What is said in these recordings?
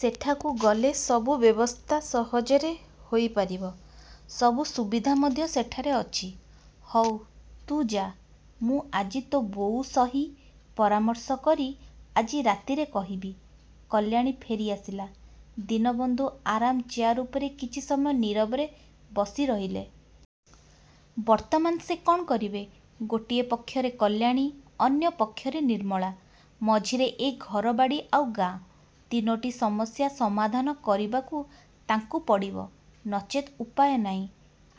ସେଠାକୁ ଗଲେ ସବୁ ବ୍ୟବସ୍ଥା ସହଜରେ ହୋଇ ପାରିବ। ସବୁ ସୁବିଧା ମଧ୍ୟ ସେଠାରେ ଅଛି। ହଉ ତୁ ଯା ମୁଁ ଆଜି ତୋ' ବୋଉ ସହି ପରାମର୍ଶ କରି ଆଜି ରାତିରେ କହିବି। କଲ୍ୟାଣୀ ଫେରି ଆସିଲା। ଦୀନବନ୍ଧୁ ଆରାମ୍ ଚେୟାର ଉପରେ କିଛି ସମୟ ନୀରବରେ ବସି ରହିଲେ। ବର୍ତ୍ତମାନ ସେ କ'ଣ କରିବେ? ଗୋଟିଏ ପକ୍ଷରେ କଲ୍ୟାଣୀ, ଅନ୍ୟ ପକ୍ଷରେ ନିର୍ମଳା; ମଝିରେ ଏ ଘରବାଡ଼ି ଆଉ ଗାଁ। ତିନୋଟି ସମସ୍ୟା ସମାଧାନ କରିବାକୁ ତାଙ୍କୁ ପଡ଼ିବ। ନଚେତ୍ ଉପାୟ ନାହିଁ।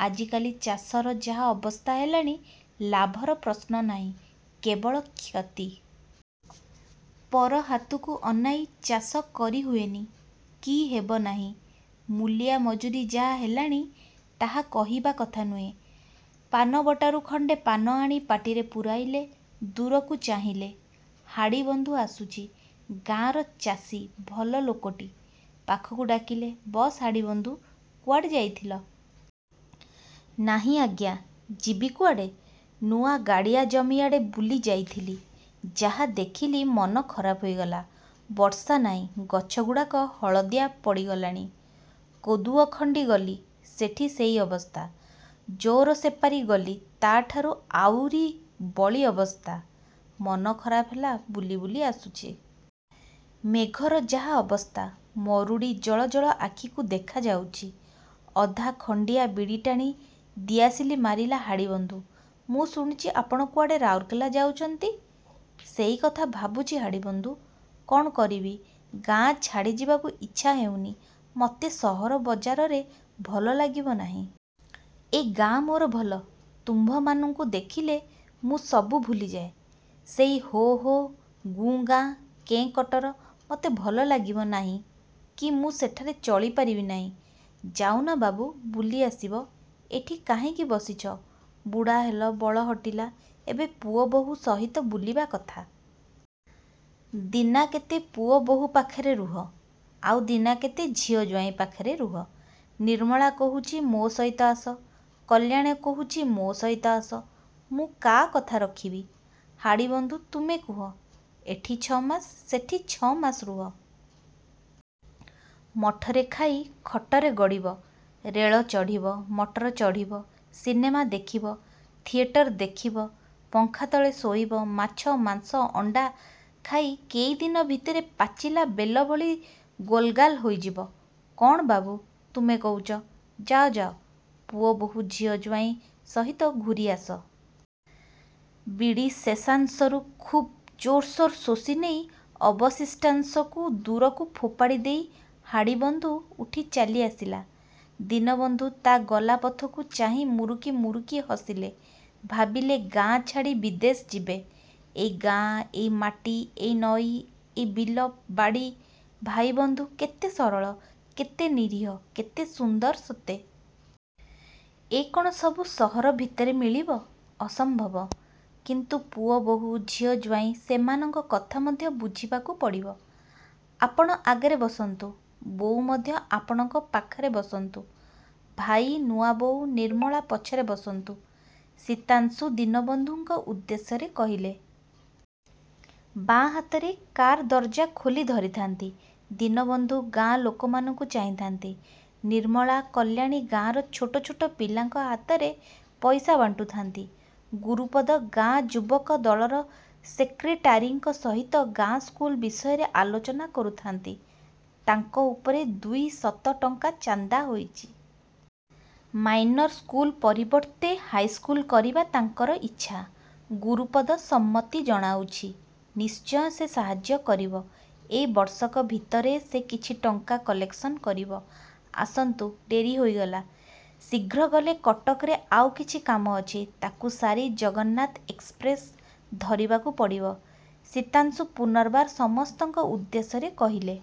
ଆଜିକାଲି ଚାଷର ଯାହା ଅବସ୍ଥା ହେଲାଣି ଲାଭର ପ୍ରଶ୍ନ ନାହିଁ କେବଳ କ୍ଷତି। ପର ହାତକୁ ଅନାଇ ଚାଷ କରି ହୁଏନି, କି ହେବ ନାହିଁ। ମୂଲିଆ ମଜୁରୀ ଯାହା ହେଲାଣି, ତାହା କହିବା କଥା ନୁହେଁ। ପାନବଟାରୁ ଖଣ୍ଡେ ପାନ ଆଣି ପାଟିରେ ପୂରାଇଲେ। ଦୂରକୁ ଚାହିଁଲେ ହାଡ଼ିବନ୍ଧୁ ଆସୁଛି। ଗାଁର ଚାଷୀ ଭଲ ଲୋକଟି। ପାଖକୁ ଡାକିଲେ, ବସ ହାଡ଼ିବନ୍ଧୁ, କୁଆଡ଼େ ଯାଇଥିଲ? ନାହିଁ ଆଜ୍ଞା ଯିବି କୁଆଡ଼େ। ନୂଆ ଗାଡ଼ିଆ ଜମିଆଡ଼େ ବୁଲି ଯାଇଥିଲି। ଯାହା ଦେଖିଲି, ମନ ଖରାପ ହୋଇଗଲା। ବର୍ଷା ନାହିଁ ଗଛଗୁଡ଼ାକ ହଳଦିଆ ପଡ଼ିଗଲାଣି। କୋଦୁଅଖଣ୍ଡି ଗଲି ସେଠି ସେହି ଅବସ୍ଥା। ଯୋର ସେପାରି ଗଲି ତା'ଠାରୁ ଆଉରି ବଳି ଅବସ୍ଥା। ମନ ଖରାପ ହେଲା ବୁଲି ବୁଲି ଆସୁଛି। ମେଘର ଯାହା ଅବସ୍ଥା, ମରୁଡ଼ି ଜଳ ଜଳ ଆଖିକୁ ଦେଖାଯାଉଛି। ଅଧା ଖଣ୍ଡିଆ ବିଡ଼ି ଟାଣି ଦିଆସିଲି ମାରିଲା ହାଡ଼ିବନ୍ଧୁ। ମୁଁ ଶୁଣୁଛି ଆପଣ କୁଆଡ଼େ ରାଉରକେଲା ଯାଉଛନ୍ତି। ସେହିକଥା ଭାବୁଛି ହାଡ଼ିବନ୍ଧୁ! କ'ଣ କରିବି। ଗାଁ ଛାଡ଼ି ଯିବାକୁ ଇଚ୍ଛା ହେଉନି। ମୋତେ ସହର ବଜାରରେ ଭଲ ଲାଗିବ ନାହିଁ। ଏଇ ଗାଁ ମୋର ଭଲ। ତୁମ୍ଭମାନଙ୍କୁ ଦେଖିଲେ ମୁଁ ସବୁ ଭୁଲିଯାଏ। ସେ ହୋ ହୋ ଗୁଁ ଗାଁ କେଁ କଟର ମୋତେ ଭଲ ଲାଗିବ ନାହିଁ କି ମୁଁ ସେଠାରେ ଚଳିପାରିବି ନାହିଁ। ଯାଉନା ବାବୁ ବୁଲି ଆସିବ, ଏଠି କାହିଁକି ବସିଛ। ବୁଢ଼ା ହେଲ, ବଳ ହଟିଲା, ଏବେ ପୁଅ ବୋହୂ ସହିତ ବୁଲିବା କଥା। ଦିନାକେତେ ପୁଅ ବୋହୂ ପାଖରେ ରୁହ। ଆଉ ଦିନାକେତେ ଝିଅ ଜ୍ୱାଇଁ ପାଖରେ ରୁହ। ନିର୍ମଳା କହୁଛି ମୋ ସହିତ ଆସ, କଲ୍ୟାଣୀ କହୁଛି ମୋ ସହିତ ଆସ। ମୁଁ କା କଥା ରଖିବି? ହାଡ଼ିବନ୍ଧୁ, ତୁମେ କୁହ। ଏଠି ଛ'ମାସ, ସେଠି ଛ'ମାସ ରୁହ। ମଠରେ ଖାଇ ଖଟରେ ଗଡ଼ିବ। ରେଳ ଚଢ଼ିବ, ମଟର ଚଢ଼ିବ; ସିନେମା ଦେଖିବ, ଥିଏଟର ଦେଖିବ, ପଙ୍ଖା ତଳେ ଶୋଇବ, ମାଛ, ମାଂସ, ଅଣ୍ଡା ଖାଇ କେଇଦିନ ଭିତରେ ପାଚିଲା ବେଲଭଳି ଗୋଲଗାଲ ହୋଇଯିବ। କ'ଣ ବାବୁ ତୁମେ କହୁଛ। ଯାଅ ଯାଅ ପୁଅ, ବୋହୂ ଝିଅ, ଜ୍ୱାଇଁ ସହିତ ଘୂରିଆସ। ବିଡ଼ି ଶେଷାଂସରୁ ଖୁବ୍ ଜୋରସୋର ଶୋଷିନେଇ ଅବଶିଷ୍ଟାଂଶକୁ ଦୂରକୁ ଫୋପାଡ଼ି ଦେଇ ହାଡ଼ିବନ୍ଧୁ ଉଠି ଚାଲି ଆସିଲା। ଦୀନବନ୍ଧୁ ତା' ଗଲା ପଥକୁ ଚାହିଁ ମୁରୁକି ମୁରୁକି ହସିଲେ। ଭାବିଲେ ଗାଁ ଛାଡ଼ି ବିଦେଶ ଯିବେ। ଏଇ ଗାଁ, ଏଇ ମାଟି, ଏଇ ନଈ, ଏଇ ବିଲ ବାଡ଼ି, ଭାଇବନ୍ଧୁ, କେତେ ସରଳ, କେତେ ନିରୀହ, କେତେ ସୁନ୍ଦର ସତେ। ଏ କ'ଣ ସବୁ ସହର ଭିତରେ ମିଳିବ? ଅସମ୍ଭବ। କିନ୍ତୁ ପୁଅ ବୋହୂ, ଝିଅ ଜ୍ୱାଇଁ ସେମାନଙ୍କ କଥା ମଧ୍ୟ ବୁଝିବାକୁ ପଡ଼ିବ। ଆପଣ ଆଗରେ ବସନ୍ତୁ। ବୋଉ ମଧ୍ୟ ଆପଣଙ୍କ ପାଖରେ ବସନ୍ତୁ, ଭାଇ, ନୂଆବୋଉ, ନିର୍ମଳା ପଛରେ ବସନ୍ତୁ, ଶୀତାଂଶୁ ଦୀନବନ୍ଧୁଙ୍କ ଉଦ୍ଦେଶ୍ୟରେ କହିଲେ। ବାଆଁ ହାତରେ କାର୍ର ଦରଜା ଖୋଲି ଧରିଥାନ୍ତି। ଦୀନବନ୍ଧୁ ଗାଁ ଲୋକମାନଙ୍କୁ ଚାହିଁଥାନ୍ତି। ନିର୍ମଳା, କଲ୍ୟାଣୀ ଗାଁର ଛୋଟ ଛୋଟ ପିଲାଙ୍କ ହାତରେ ପଇସା ବାଣ୍ଟୁଥାନ୍ତି। ଗୁରୁପଦ ଗାଁ ଯୁବକ ଦଳର ସେକ୍ରେଟାରୀଙ୍କ ସହିତ ଗାଁ ସ୍କୁଲ ବିଷୟରେ ଆଲୋଚନା କରୁଥାନ୍ତି। ତାଙ୍କ ଉପରେ ଦୁଇଶତ ଟଙ୍କା ଚାନ୍ଦା ହୋଇଛି। ମାଇନର ସ୍କୁଲ ପରିବର୍ତ୍ତେ ହାଇସ୍କୁଲ କରିବା ତାଙ୍କର ଇଚ୍ଛା। ଗୁରୁପଦ ସମ୍ମତି ଜଣାଉଛି। ନିଶ୍ଚୟ ସେ ସାହାଯ୍ୟ କରିବ। ଏ ବର୍ଷକ ଭିତରେ ସେ କିଛି ଟଙ୍କା କଲେକ୍ସନ କରିବ। ଆସନ୍ତୁ ଡେରି ହୋଇଗଲା। ଶୀଘ୍ର ଗଲେ କଟକରେ ଆଉ କିଛି କାମ ଅଛି, ତା'କୁ ସାରି ଜଗନ୍ନାଥ ଏକ୍ସପ୍ରେସ୍ ଧରିବାକୁ ପଡ଼ିବ, ଶୀତାଂଶୁ ପୁନର୍ବାର ସମସ୍ତଙ୍କ ଉଦ୍ଦେଶ୍ୟରେ କହିଲେ।